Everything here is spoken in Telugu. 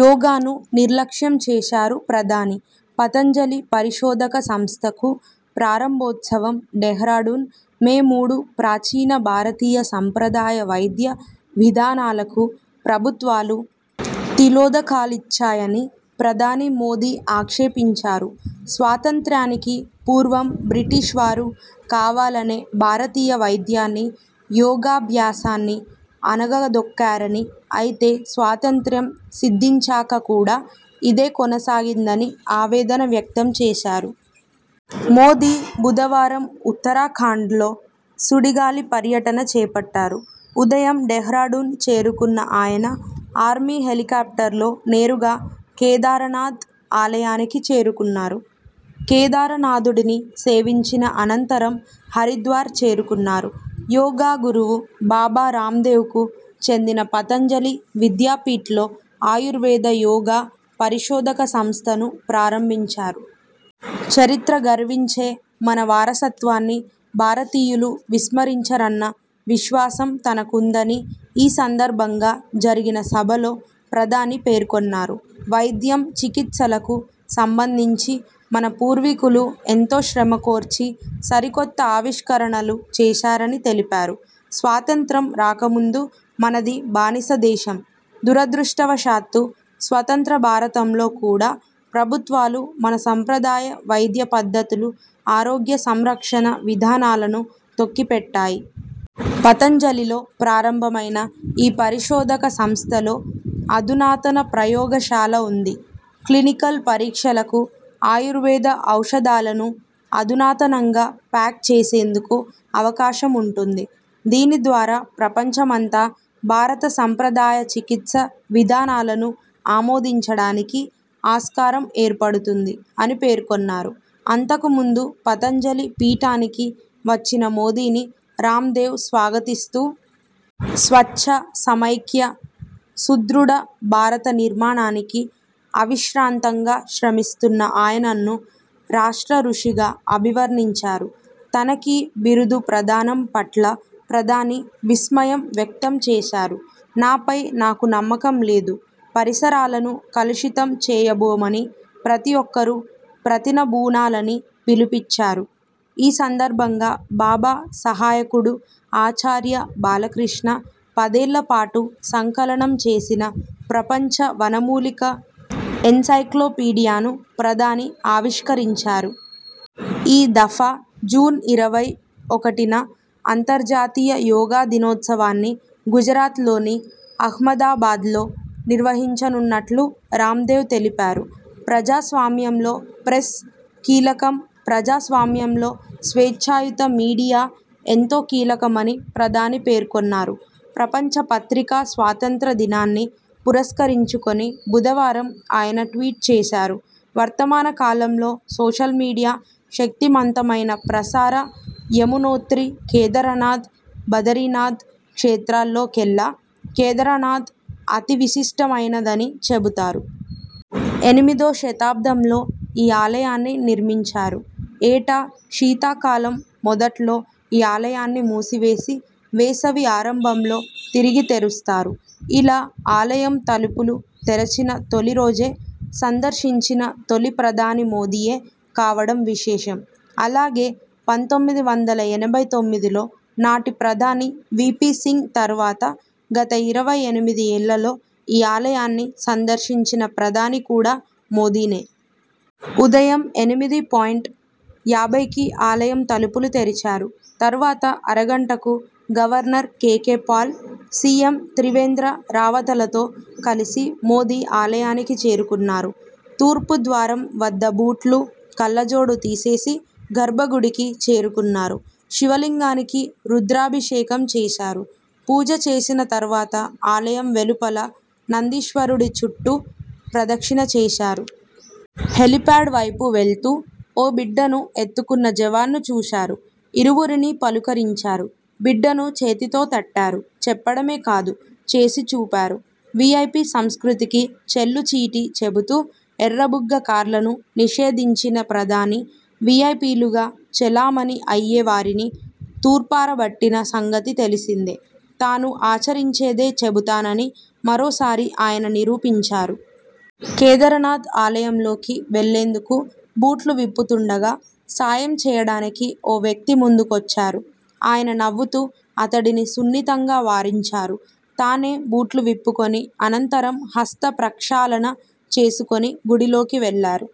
యోగానూ నిర్లక్ష్యం చేశారు ప్రధాని పతంజలి పరిశోధక సంస్థకు ప్రారంభోత్సవం డెహ్రాడూన్, మే మూడు ప్రాచీన భారతీయ సంప్రదాయ వైద్య విధానాలకు ప్రభుత్వాలు తిలోదకాలిచ్చాయని ప్రధాని మోదీ ఆక్షేపించారు. స్వాతంత్ర్యానికి పూర్వం బ్రిటీష్ వారు కావాలనే భారతీయ వైద్యాన్ని, యోగాభ్యాసాన్ని అణగదొక్కారని, అయితే స్వాతంత్య్రం సిద్ధించాక కూడా ఇదే కొనసాగిందని ఆవేదన వ్యక్తంచేశారు. మోదీ బుధవారం ఉత్తరాఖండ్లో సుడిగాలి పర్యటన చేపట్టారు. ఉదయం డెహ్రాడూన్ చేరుకున్న ఆయన ఆర్మీ హెలికాప్టర్లో నేరుగా కేదారనాథ్ ఆలయానికి చేరుకున్నారు. కేదారనాథుడిని సేవించిన అనంతరం హరిద్వార్ చేరుకున్నారు. యోగా గురువు బాబా రామ్దేవ్ కు చెందిన పతంజలి విద్యాపీఠ్లో ఆయుర్వేద యోగా పరిశోధక సంస్థను ప్రారంభించారు. చరిత్ర గర్వించే మన వారసత్వాన్ని భారతీయులు విస్మరించరన్న విశ్వాసం తనకుందని ఈ సందర్భంగా జరిగిన సభలో ప్రధాని పేర్కొన్నారు. వైద్యం, చికిత్సలకు సంబధించి మన పూర్వీకులు ఎంతో శ్రమకోర్చి సరికొత్త ఆవిష్కరణలు చేశారని తెలిపారు. 'స్వాతంత్య్రం రాకముందు మనది బానిస దేశం. దురదృష్టవశాత్తు స్వతంత్ర భారతంలో కూడా ప్రభుత్వాలు మన సంప్రదాయ వైద్య పద్ధతులు, ఆరోగ్య సంరక్షణ విధానాలను తొక్కిపెట్టాయి. పతంజలిలో ప్రారంభమైన ఈ పరిశోధక సంస్థలో అధునాతన ప్రయోగశాల ఉంది. క్లినికల్ పరీక్షలకు, ఆయుర్వేద ఔషధాలను అధునాతనంగా ప్యాక్ చేసేందుకు అవకాశం ఉంటుంది. దీనిద్వారా ప్రపంచమంతా భారత సంప్రదాయ చికిత్స విధానాలను ఆమోదించడానికి ఆస్కారం ఏర్పడుతుంది' అని పేర్కొన్నారు. అంతకుముందు పతంజలి పీఠానికి వచ్చిన మోదీని రామ్దేవ్ స్వాగతిస్తూ.. స్వచ్ఛ, సమైక్య, సుదృఢ భారత నిర్మాణానికి అవిశ్రాంతంగా శ్రమిస్తున్న ఆయనన్ను 'రాష్ట్ర రుషి'గా అభివర్ణించారు. తనకీ బిరుదు ప్రదానం పట్ల ప్రధాని విస్మయం వ్యక్తంచేశారు. నాపై నాకు నమ్మకం లేదు. పరిసరాలను కలుషితం చేయబోమని ప్రతి ఒక్కరూ ప్రతినబూనాలని పిలుపిచ్చారు. ఈ సందర్భంగా బాబా సహాయకుడు ఆచార్య బాలకృష్ణ పదేళ్లపాటు సంకలనం చేసిన 'ప్రపంచ వనమూలిక ఎన్సైక్లోపిడియా'ను ప్రధాని ఆవిష్కరించారు. ఈ దఫా జూన్ ఇరవై ఒకటిన అంతర్జాతీయ యోగా దినోత్సవాన్ని గుజరాతలోని అహ్మదాబాద్లో నిర్వహించనున్నట్లు రాందేవ్ తెలిపారు. ప్రజాస్వామ్యంలో 'ప్రెస్' కీలకంప్రజాస్వామ్యంలో స్వేచ్ఛాయుత మీడియా ఎంతో కీలకమని ప్రధాని పేర్కొన్నారు. ప్రపంచ పత్రికా స్వాతంత్య్ర దినాన్ని పురస్కరించుకుని బుధవారం ఆయన ట్వీట్ చేశారు. వర్తమాన కాలంలో సోషల్ మీడియా శక్తిమంతమైన ప్రసార, యమునోత్రి, కేదారనాథ్, బదరీనాథ్ క్షేత్రాల్లోకెల్లా కేదారనాథ్ అతి విశిష్టమైనదని చెబుతారు. ఎనిమిదో శతాబ్దంలో ఈ ఆలయాన్ని నిర్మించారు. ఏటా శీతాకాలం మొదట్లో ఈ ఆలయాన్ని మూసివేసి.. వేసవి ఆరంభంలో తిరిగి తెరుస్తారు. ఇలా ఆల యం తలుపులు తెరచిన తొలి రోజే సందర్శించిన తొలి ప్రధాని మోదీయే కావడం విశేషం. అలాగే పంతొమ్మిది వందల ఎనభై తొమ్మిదిలో నాటి ప్రధాని వీపీ సింగ్ తర్వాత గత ఇరవై ఎనిమిది ఏళ్లలో ఈ ఆలయా న్ని సందర్శించిన ప్రధాని కూడా మోదీనే. ఉదయం ఎనిమిది పాయింట్ యాభైకి ఆలయం తలుపులు తెరిచారు. తర్వాత అరగంటకు governor KK Paul, CM Trivendra రావతలతో కలిసి మోదీ ఆలయానికి చేరుకున్నారు. తూర్పు ద్వారం వద్ద బూట్లు, కళ్లజోడు తీసేసి.. గర్భగుడికి చేరుకున్నారు. శివలింగానికి రుద్రాభిషేకం చేశారు. పూజ చేసిన తర్వాత ఆలయం వెలుపల నందీశ్వరుడి చుట్టూ ప్రదక్షిణ చేశా రు. హెలిప్యాడ్ వైపు వెళ్తూ.. ఓ బిడ్డను ఎత్తుకున్న జవాన్ను చూశారు. ఇరువురినీ పలుకరించారు. బిడ్డను చేతితో తట్టారు. చెప్పడమే కాదు.. చేసిచూపారువీఐపీ సంస్కృతికి చెల్లుచీటీ చెబుతూ ఎర్రబుగ్గ కార్లను నిషేధించిన ప్రధాని.. వీఐపీలుగా చలామణి అయ్యేవారిని తూర్పారబట్టిన సంగతి తెలిసిందే. తాను ఆచరించేదే చెబుతానని మరోసారి ఆయన నిరూపించారు. కేదారనాథ్ ఆలయంలోకి వెళ్లేందుకు బూట్లు విప్పుతుండగా.. సాయం చేయడానికి ఓ వ్యక్తి ముందుకొచ్చారు. ఆయన నవ్వుతూ అతడిని సున్నితంగా వారించారు. తానే బూట్లు విప్పుకొని.. అనంతరం హస్త ప్రక్షాళన చేసుకుని గుడిలోకి వెళ్లారు.